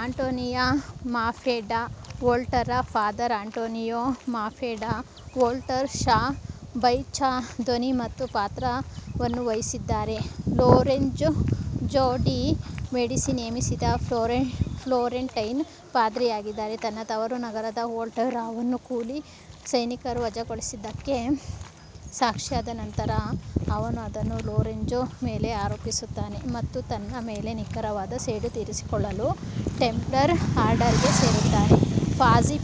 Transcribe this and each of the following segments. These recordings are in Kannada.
Antonio Maffei da Volterra father Antonio Maffei da Volterra Shawn Baichoo ಧ್ವನಿ ಮತ್ತು ಪಾತ್ರವನ್ನು ನಿರ್ವಹಿಸಿದ್ದಾರೆ ಲೊರೆಂಜೊ ಡಿ ಮೆಡಿಸಿ ನೇಮಿಸಿದ ಫ್ಲೋರೆಂಟೈನ್ ಪಾದ್ರಿಯಾಗಿದ್ದಾರೆ. ತನ್ನ ತವರು ನಗರವಾದ ವೋಲ್ಟೆರಾವನ್ನು ಕೂಲಿ ಸೈನಿಕರು ವಜಾಗೊಳಿಸಿದ್ದಕ್ಕೆ ಸಾಕ್ಷಿಯಾದ ನಂತರ, ಅವನು ಅದನ್ನು ಲೊರೆಂಜೊ ಮೇಲೆ ಆರೋಪಿಸುತ್ತಾನೆ ಮತ್ತು ತನ್ನ ಮೇಲೆ ನಿಖರವಾದ ಸೇಡು ತೀರಿಸಿಕೊಳ್ಳಲು ಟೆಂಪ್ಲರ್ ಆರ್ಡರ್ಗೆ ಸೇರುತ್ತಾನೆ; ಪಾಝಿ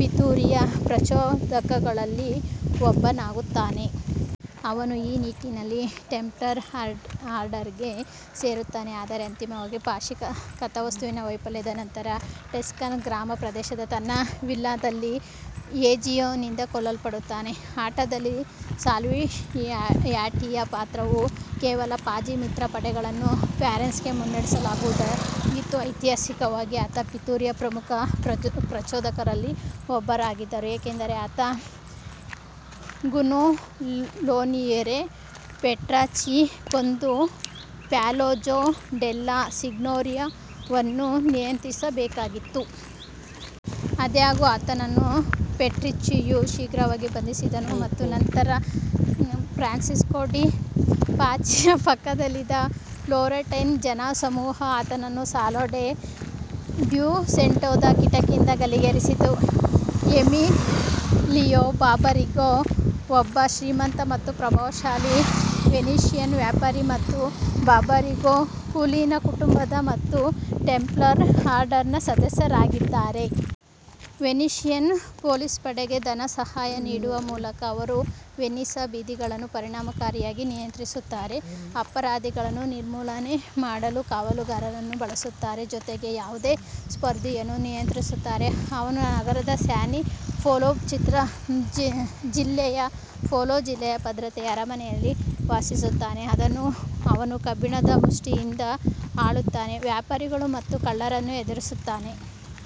ಪಿತೂರಿಯ ಪ್ರಚೋದಕಗಳಲ್ಲಿ ಒಬ್ಬನಾಗುತ್ತಾನೆ. ಅವನು ಈ ನಿಟ್ಟಿನಲ್ಲಿ ಟೆಂಪ್ಲರ್ ಆರ್ಡರ್ಗೆ ಸೇರುತ್ತಾನೆ, ಆದರೆ ಅಂತಿಮವಾಗಿ ಪಾಜಿ ಕಥಾವಸ್ತುವಿನ ವೈಫಲ್ಯದ ನಂತರ ಟಸ್ಕನ್ ಗ್ರಾಮೀಣ ಪ್ರದೇಶದ ತನ್ನ ವಿಲ್ಲಾದಲ್ಲಿ ಎಜಿಯೊನಿಂದ ಕೊಲ್ಲಲ್ಪಡುತ್ತಾನೆ. ಆಟದಲ್ಲಿ ಸಾಲ್ವಿಯಾಟಿಯ ಪಾತ್ರವು ಕೇವಲ ಪಾಜಿ-ಮಿತ್ರ ಪಡೆಗಳನ್ನು ಫ್ಲಾರೆನ್ಸ್ಗೆ ಮುನ್ನಡೆಸುವುದಾಗಿತ್ತು, ಐತಿಹಾಸಿಕವಾಗಿ ಆತ ಪಿತೂರಿಯ ಪ್ರಮುಖ ಪ್ರಚೋದಕಗಳಲ್ಲಿ ಒಬ್ಬರಾಗಿದ್ದರು, ಏಕೆಂದರೆ ಆತ ಗೊನ್ಫಲೋನಿಯೆರೆ ಪೆಟ್ರುಚಿಯನ್ನು ಕೊಂದು ಪ್ಯಾಲಾಜೊ ಡೆಲ್ಲಾ ಸಿಗ್ನೋರಿಯಾವನ್ನು ನಿಯಂತ್ರಿಸಬೇಕಾಗಿತ್ತು. ಆದಾಗ್ಯೂ, ಆತನನ್ನು ಪೆಟ್ರುಚ್ಚಿಯು ಶೀಘ್ರವಾಗಿ ಬಂಧಿಸಿದನು ಮತ್ತು ನಂತರ ಫ್ರಾನ್ಸೆಸ್ಕೊ ಡಿ 'ಪಾಜಿಯ ಪಕ್ಕದಲ್ಲಿದ್ದ ಫ್ಲೋರೆಂಟೈನ್ ಜನಸಮೂಹವು ಆತನನ್ನು ಸಾಲಾ ಡೀ ಡ್ಯೂಸೆಂಟೊದ ಕಿಟಕಿಯಿಂದ ಗಲ್ಲಿಗೇರಿಸಿತು. ಎಮಿಲಿಯೊ ಬಾರ್ಬರಿಗೊ ಒಬ್ಬ ಶ್ರೀಮಂತ ಮತ್ತು ಪ್ರಭಾವಶಾಲಿ ವೆನೆಷಿಯನ್ ವ್ಯಾಪಾರಿ ಮತ್ತು ಬಾರ್ಬರಿಗೊ ಕುಲೀನ ಕುಟುಂಬದ ಮತ್ತು ಟೆಂಪ್ಲರ್ ಆರ್ಡರ್ನ ಸದಸ್ಯರಾಗಿದ್ದಾರೆ. ವೆನೆಷಿಯನ್ ಪೊಲೀಸ್ ಪಡೆಗೆ ಧನಸಹಾಯ ನೀಡುವ ಮೂಲಕ, ಅವರು ವೆನಿಸ್ನ ಬೀದಿಗಳನ್ನು ಪರಿಣಾಮಕಾರಿಯಾಗಿ ನಿಯಂತ್ರಿಸುತ್ತಾರೆ, ಅಪರಾಧಿಗಳನ್ನು ನಿರ್ಮೂಲನೆ ಮಾಡಲು ಕಾವಲುಗಾರರನ್ನು ಬಳಸುತ್ತಾರೆ, ಜೊತೆಗೆ ಯಾವುದೇ ಸ್ಪರ್ಧೆಯನ್ನೂ ನಿಯಂತ್ರಿಸುತ್ತಾರೆ. ಅವನು ನಗರದ ಸ್ಯಾನ್ ಪೊಲೊ ಜಿಲ್ಲೆಯ ಭದ್ರತೆಯ ಅರಮನೆಯಲ್ಲಿ ವಾಸಿಸುತ್ತಾನೆ, ಅದನ್ನು ಅವನು ಕಬ್ಬಿಣದ ಮುಷ್ಟಿಯಿಂದ ಆಳುತ್ತಾನೆ, ವ್ಯಾಪಾರಿಗಳು ಮತ್ತು ಕಳ್ಳರನ್ನು ಹೆದರಿಸುತ್ತಾನೆ.